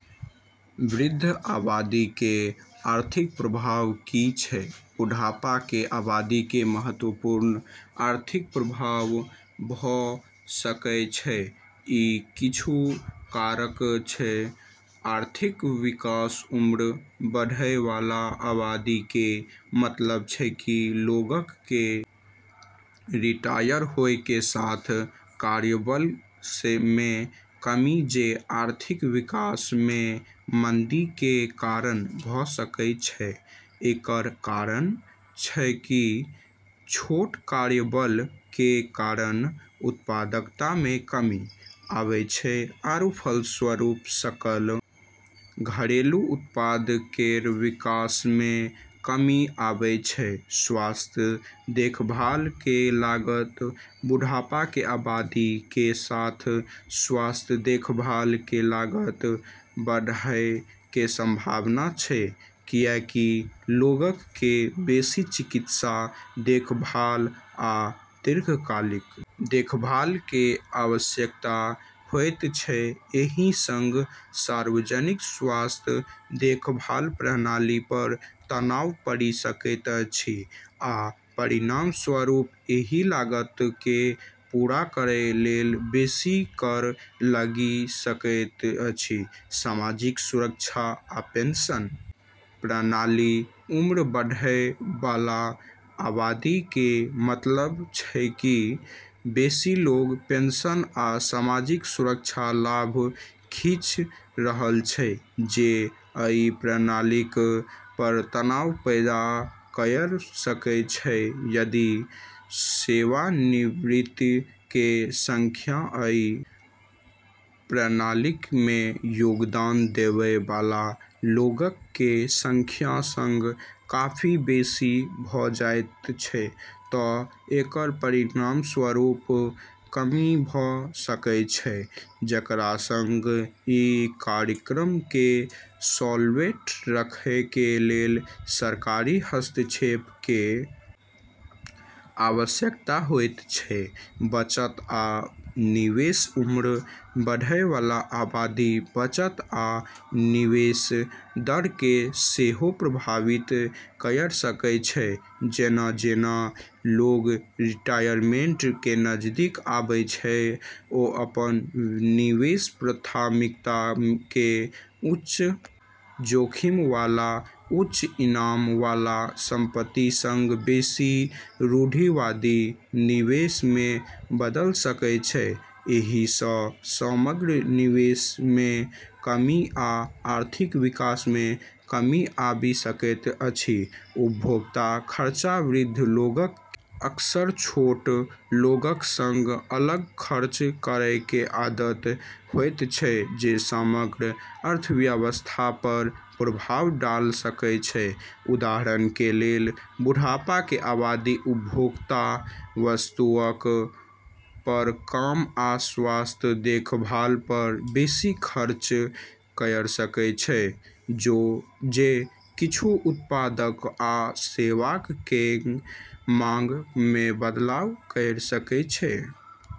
वृद्ध आबादी कें आर्थिक प्रभाव की छै? बुढ़ापा कें आबादी कें महत्वपूर्ण आर्थिक प्रभाव भ सकएय छै, इ किछु कारक छै, आर्थिक विकास उम्र बढ़य वाला आबादी कें मतलब छै कि लोगक कें रिटायर होय कें साथ कार्यबल मे कमी जे आर्थिक विकास मे मंदी कें कारण भ सकय छै, एकरऽ कारण छै कि छोटऽ कार्यबल के कारण उत्पादकता मे कमी आबै छै आरू फलस्वरूप सकल घरेलू उत्पाद केरऽ विकास मे कमी आबै छै, स्वास्थ्य देखभाल कें लागत बुढ़ापा कें आबादी कें साथ स्वास्थ्य देखभाल कें लागत बढ़एय कें संभावना छै कियाकि लोगक कें बेसि चिकित्सा देखभाल आ दीर्घकालिक देखभाल कें आवश्यकता होयत छै, एहि सं सार्वजनिक स्वास्थ्य देखभाल प्रणाली पर तनाव पड़ि सकैत अछि आ परिणामस्वरूप एहि लागत के पूरा करय लेल बेसी कर लागि सकैत अछि, सामाजिक सुरक्षा आ पेंशन प्रणाली उम्र बढ़य वाला आबादी कें मतलब छै कि बेसि लोग पेंशन आ सामाजिक सुरक्षा लाभ खींच रहल छै जे अइ प्रणालीक पर तनाव पैदा कयर सकय छै, यदि सेवानिवृत्त कें संख्या अइ प्रणालीक मे योगदान देवय वाला लोगक कें संख्या सं काफी बेसि भ जायत छै त एकर परिणामस्वरूप कमी भ सकय छै जेकरा सं इ कार्यक्रमक कें सॉल्वेंट रखय कें लेल सरकारी हस्तक्षेप कें आवश्यकता होयत छै, बचत आ निवेश उम्र बढ़य वाला आबादी बचत आ निवेश दर कें सेहो प्रभावित कयर सकय छै जेना-जेना लोग रिटायरमेंट कें नजदीक आबै छै ओ अपन निवेश प्राथमिकता कें उच्च जोखिम वाला उच्च इनाम वाला संपत्ति सं बेसि रूढ़िवादी निवेश मे बदल सकय छै, एहि स समग्र निवेश मे कमी आ आर्थिक विकास मे कमी आबि सकैत अछि, उपभोक्ता खर्च वृद्ध लोगक कें अक्सर छोट लोगक सं अलग खर्च करय कें आदत होयत छै जे समग्र अर्थव्यवस्था पर प्रभाव डाल सकय छै उदाहरण कें लेल, बुढ़ापा कें आबादी उपभोक्ता वस्तुअक पर कम आ स्वास्थ्य देखभाल पर बेसि खर्च कयर सकय छै जे किच्छू उत्पादक आ सेवाक कें मांग मे बदलाव कयर सकय छै।